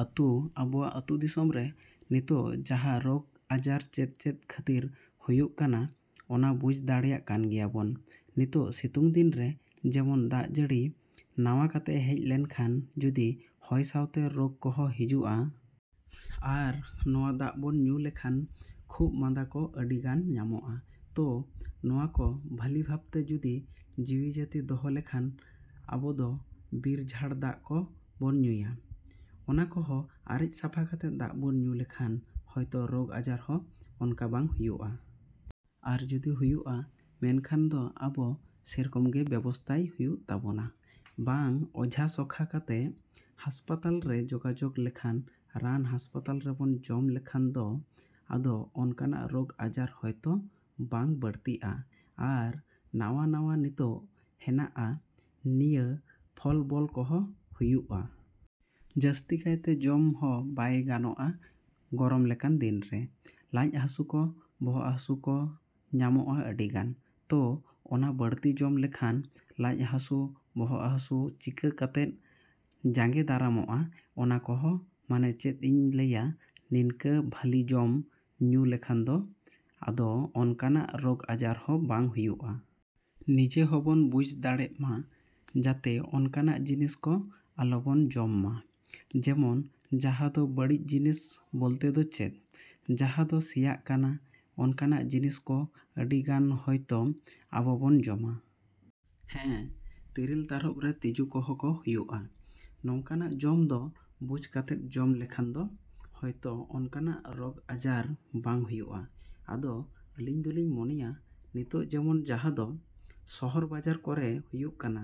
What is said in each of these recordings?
ᱟᱛᱩ, ᱟᱵᱚᱣᱟᱜ ᱟᱛᱩ ᱫᱤᱥᱚᱢ ᱨᱮ ᱱᱤᱛᱚᱜ ᱡᱟᱦᱟᱸ ᱨᱚᱜᱽ ᱟᱡᱟᱨ ᱪᱮᱫ ᱪᱮᱫ ᱠᱷᱟᱹᱛᱤᱨ ᱦᱩᱭᱩᱜ ᱠᱟᱱᱟ ᱚᱱᱟ ᱵᱩᱡᱷ ᱫᱟᱲᱮᱭᱟᱜ ᱠᱟᱱ ᱜᱮᱭᱟ ᱵᱚᱱ᱾ ᱱᱤᱛᱚᱜ ᱥᱤᱛᱩᱝ ᱫᱤᱱ ᱨᱮ ᱡᱮᱢᱚᱱ ᱫᱟᱜ ᱡᱟᱹᱲᱤ ᱱᱟᱣᱟ ᱠᱟᱛᱮ ᱦᱮᱡ ᱞᱮᱱ ᱠᱷᱟᱱ ᱡᱩᱫᱤ ᱦᱚᱭ ᱥᱟᱶᱛᱮ ᱨᱚᱜᱽ ᱠᱚᱦᱚᱸ ᱦᱤᱡᱩᱜᱼᱟ᱾ ᱟᱨ ᱱᱟᱣᱟ ᱫᱟᱜ ᱵᱚᱱ ᱧᱩ ᱞᱮᱠᱷᱟᱱ ᱠᱷᱩᱜᱽ ᱢᱟᱸᱫᱟ ᱠᱚ ᱟᱹᱰᱤ ᱜᱟᱱ ᱧᱟᱢᱚᱜᱼᱟ᱾ ᱛᱚ, ᱱᱚᱣᱟ ᱠᱚ ᱵᱷᱟᱹᱞᱤ ᱵᱷᱟᱵᱽ ᱛᱮ ᱡᱩᱫᱤ ᱡᱤᱣᱤ ᱡᱟᱹᱛᱤ ᱫᱚᱦᱚ ᱞᱮᱠᱷᱟᱱ ᱟᱵᱚᱫᱚ ᱵᱤᱨᱼᱡᱷᱟᱲ ᱫᱟᱜ ᱠᱚ ᱵᱚᱱ ᱧᱩᱭᱟ᱾ ᱚᱱᱟ ᱠᱚᱦᱚᱸ ᱟᱨᱮᱡᱽ ᱥᱟᱯᱷᱟ ᱠᱟᱛᱮ ᱫᱟᱜ ᱵᱚᱱ ᱧᱩ ᱞᱮᱠᱷᱟᱱ ᱦᱚᱭᱛᱚ ᱨᱚᱜᱽ ᱟᱡᱟᱨ ᱦᱚᱸ ᱚᱱᱠᱟ ᱵᱟᱝ ᱦᱩᱭᱩᱜᱼᱟ᱾ ᱟᱨ ᱡᱩᱫᱤ ᱦᱩᱭᱩᱜᱼᱟ, ᱢᱮᱱᱠᱷᱟᱱ ᱫᱚ ᱟᱵᱚ ᱥᱮᱨᱚᱠᱚᱢ ᱜᱮ ᱵᱮᱵᱚᱥᱛᱟᱭ ᱦᱩᱭᱩᱜ ᱛᱟᱵᱚᱱᱟ᱾ ᱵᱟᱝ ᱚᱡᱷᱟ ᱥᱚᱠᱷᱟ ᱠᱟᱛᱮ, ᱦᱟᱥᱯᱟᱛᱟᱞ ᱨᱮ ᱡᱚᱜᱟᱡᱚᱜᱽ ᱞᱮᱠᱷᱟᱱ ᱨᱟᱱ ᱦᱟᱥᱯᱟᱛᱟᱞ ᱨᱮᱵᱚᱱ ᱡᱚᱢ ᱞᱮᱠᱷᱟᱱ ᱫᱚ ᱟᱫᱚ ᱚᱱᱠᱟᱱᱟᱜ ᱨᱚᱜᱽ ᱟᱡᱟᱨ ᱦᱚᱭᱛᱚ ᱵᱟᱝ ᱵᱟᱹᱲᱛᱤᱜᱼᱟ᱾ ᱟᱨ ᱱᱟᱣᱟ ᱱᱟᱣᱟ ᱱᱤᱛᱚᱜ ᱦᱮᱱᱟᱜᱼᱟ, ᱱᱤᱭᱟᱹ ᱯᱷᱚᱞ ᱰᱚᱞ ᱠᱚᱦᱚᱸ ᱦᱩᱭᱩᱜᱼᱟ᱾ ᱡᱟᱹᱥᱛᱤ ᱠᱟᱭᱛᱮ ᱡᱚᱢ ᱦᱚᱸ ᱵᱟᱭ ᱜᱟᱱᱚᱜᱼᱟ ᱜᱚᱨᱚᱢ ᱞᱮᱠᱟᱱ ᱫᱤᱱ ᱨᱮ᱾ ᱞᱟᱡ ᱦᱟᱹᱥᱩ ᱠᱚ, ᱵᱚᱦᱚᱜ ᱦᱟᱹᱥᱩ ᱠᱚ ᱧᱟᱢᱚᱜᱼᱟ ᱟᱹᱰᱤ ᱜᱟᱱ᱾ ᱛᱚ, ᱚᱱᱟ ᱵᱟᱹᱲᱛᱤ ᱡᱚᱢ ᱞᱮᱠᱷᱟᱱ ᱞᱟᱡ ᱦᱟᱹᱥᱩ, ᱵᱚᱦᱚᱜ ᱦᱟᱹᱥᱩ ᱪᱤᱠᱟᱹ ᱠᱟᱛᱮ ᱡᱟᱸᱜᱮ ᱫᱟᱨᱟᱢᱚᱜᱼᱟ ᱚᱱᱟ ᱠᱚᱦᱚᱸ ᱢᱟᱱᱮ ᱪᱮᱫ ᱤᱧ ᱞᱟᱹᱭᱟ ᱱᱤᱱᱠᱟᱹ ᱵᱷᱟᱹᱞᱤ ᱡᱚᱢ, ᱧᱩ ᱞᱮᱠᱷᱟᱱ ᱫᱚ ᱟᱫᱚ ᱚᱱᱠᱟᱱᱟᱜ ᱨᱚᱜᱽ ᱟᱡᱟᱨ ᱦᱚᱸ ᱵᱟᱝ ᱦᱩᱭᱩᱜᱼᱟ᱾ ᱱᱤᱡᱮ ᱦᱚᱸ ᱵᱚᱱ ᱵᱩᱡᱷ ᱫᱟᱲᱮᱜᱼᱢᱟ ᱡᱟᱛᱮ ᱚᱱᱠᱟᱱᱟᱜ ᱡᱤᱱᱤᱥ ᱠᱚ ᱟᱞᱚ ᱵᱚᱱ ᱡᱚᱢ ᱢᱟ᱾ ᱡᱮᱢᱚᱱ ᱡᱟᱦᱟᱸ ᱫᱚ ᱵᱟᱹᱲᱤᱡ ᱡᱤᱱᱤᱥ ᱵᱚᱞᱛᱮ ᱫᱚ ᱪᱮᱫ? ᱡᱟᱦᱟᱸ ᱫᱚ ᱥᱮᱭᱟᱜ ᱠᱟᱱᱟ, ᱚᱱᱠᱟᱱᱟᱜ ᱡᱤᱱᱤᱥ ᱠᱚ ᱟᱹᱰᱤ ᱜᱟᱱ ᱦᱚᱭᱛᱚ ᱟᱵᱚ ᱵᱚᱱ ᱡᱚᱢᱟ᱾ ᱦᱮᱸ᱾ ᱛᱤᱨᱤᱞ ᱛᱟᱨᱚᱯ ᱨᱮ ᱛᱤᱡᱩ ᱠᱚᱦᱚᱸ ᱠᱚ ᱦᱩᱭᱩᱜᱼᱟ᱾ ᱱᱚᱝᱠᱟᱱᱟᱜ ᱡᱚᱢ ᱫᱚ ᱵᱩᱡᱷ ᱠᱟᱛᱮᱫ ᱡᱚᱢ ᱞᱮᱠᱷᱟᱱ ᱫᱚ ᱦᱚᱭᱛᱚ ᱚᱱᱠᱟᱱᱟᱜ ᱨᱚᱜᱽ ᱟᱡᱟᱨ ᱵᱟᱝ ᱦᱩᱭᱩᱜᱼᱟ᱾ ᱟᱫᱚ ᱟᱹᱞᱤᱧ ᱫᱚᱞᱤᱧ ᱢᱚᱱᱮᱭᱟ ᱱᱤᱛᱚᱜ ᱡᱮᱢᱚᱱ ᱡᱟᱦᱟᱸ ᱫᱚ ᱥᱚᱦᱚᱨ ᱵᱟᱡᱟᱨ ᱠᱚᱨᱮ ᱦᱩᱭᱩᱜ ᱠᱟᱱᱟ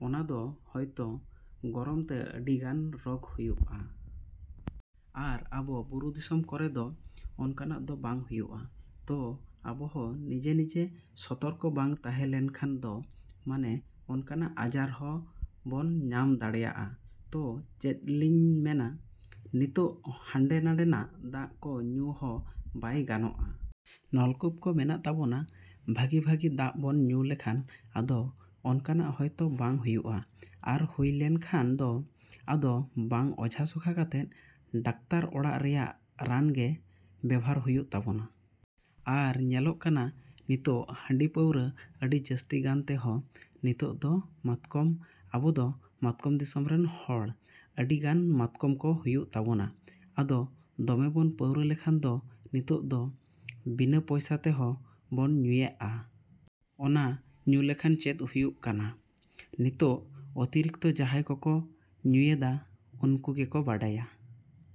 ᱚᱱᱟᱫᱚ ᱦᱚᱭᱛᱚ ᱜᱚᱨᱚᱢ ᱛᱮ ᱟᱹᱰᱤ ᱜᱟᱱ ᱨᱚᱜᱽ ᱦᱩᱭᱩᱜᱼᱟ᱾ ᱟᱨ ᱟᱵᱚ ᱵᱩᱨᱩ ᱫᱤᱥᱚᱢ ᱠᱚᱨᱮ ᱫᱚ ᱚᱱᱠᱟᱱᱟᱜ ᱫᱚ ᱵᱟᱝ ᱦᱩᱭᱩᱜᱼᱟ᱾ ᱛᱚ, ᱟᱵᱚᱦᱚᱸ ᱱᱤᱡᱮ ᱱᱤᱡᱮ ᱥᱚᱛᱚᱨᱠᱚ ᱵᱟᱝ ᱛᱟᱦᱮᱸ ᱞᱮᱱ ᱠᱷᱟᱱ ᱫᱚ ᱢᱟᱱᱮ ᱚᱱᱠᱟᱱᱟᱜ ᱟᱡᱟᱨ ᱦᱚᱸ ᱵᱚᱱ ᱧᱟᱢ ᱫᱟᱲᱮᱭᱟᱜᱼᱟ᱾ ᱛᱚ, ᱪᱮᱫ ᱞᱤᱧ ᱢᱮᱱᱟ ᱱᱤᱛᱚᱜ ᱦᱟᱸᱰᱮ ᱱᱟᱸᱰᱮᱱᱟᱜ ᱫᱟᱜ ᱠᱚ ᱧᱩ ᱦᱚᱸ ᱵᱟᱭ ᱜᱟᱱᱚᱜᱼᱟ᱾ ᱱᱚᱞᱠᱩᱯ ᱠᱚ ᱢᱮᱱᱟᱜ ᱛᱟᱵᱚᱱᱟ, ᱵᱷᱟᱹᱜᱤ ᱵᱷᱟᱹᱜᱤ ᱫᱟᱜ ᱵᱚᱱ ᱧᱩ ᱞᱮᱠᱷᱟᱱ ᱟᱫᱚ ᱚᱱᱠᱟᱱᱟᱜ ᱦᱚᱭᱛᱚ ᱵᱟᱝ ᱦᱩᱭᱩᱜᱼᱟ᱾ ᱟᱨ ᱦᱩᱭ ᱞᱮᱱ ᱠᱷᱟᱱ ᱫᱚ, ᱟᱫᱚ ᱵᱟᱝ ᱚᱡᱷᱟ ᱥᱚᱠᱷᱟ ᱠᱟᱛᱮ ᱰᱟᱠᱛᱟᱨ ᱚᱲᱟᱜ ᱨᱮᱭᱟᱜ ᱨᱟᱱ ᱜᱮ ᱵᱮᱵᱚᱦᱟᱨ ᱦᱩᱭᱩᱜ ᱛᱟᱵᱚᱱᱟ᱾ ᱟᱨ ᱧᱮᱞᱚᱜ ᱠᱟᱱᱟ ᱱᱤᱛᱚᱜ ᱦᱟᱺᱰᱤ ᱯᱟᱹᱣᱨᱟᱹ ᱟᱹᱰᱤ ᱡᱟᱹᱥᱛᱤ ᱜᱟᱱ ᱛᱮ ᱦᱚᱸ ᱱᱤᱛᱚᱜ ᱫᱚ ᱢᱟᱛᱠᱚᱢ, ᱟᱵᱚᱫᱚ ᱢᱟᱛᱠᱚᱢ ᱫᱤᱥᱚᱢ ᱨᱮᱱ ᱦᱚᱲ ᱟᱹᱰᱤ ᱜᱟᱱ ᱢᱟᱛᱠᱚᱢ ᱠᱚ ᱦᱩᱭᱩᱜ ᱛᱟᱵᱚᱱᱟ᱾ ᱟᱫᱚ ᱫᱚᱢᱮ ᱵᱚᱱ ᱯᱟᱹᱣᱨᱟᱹ ᱞᱮᱠᱷᱟᱱ ᱫᱚ ᱱᱤᱛᱚᱜ ᱫᱚ ᱵᱤᱱᱟᱹ ᱯᱚᱭᱥᱟ ᱛᱮᱦᱚᱸ ᱵᱚᱱ ᱧᱩᱭᱮᱜᱼᱟ᱾ ᱚᱱᱟ ᱧᱩ ᱞᱮᱠᱷᱟᱱ ᱪᱮᱫ ᱦᱩᱭᱩᱜ ᱠᱟᱱᱟ? ᱱᱤᱛᱚᱜ ᱚᱛᱤᱨᱤᱠᱛᱚ ᱡᱟᱦᱟᱸᱭ ᱠᱚᱠᱚ ᱧᱩᱭᱮᱫᱟ ᱩᱱᱠᱩ ᱜᱮ ᱠᱚ ᱵᱟᱰᱟᱭᱟ᱾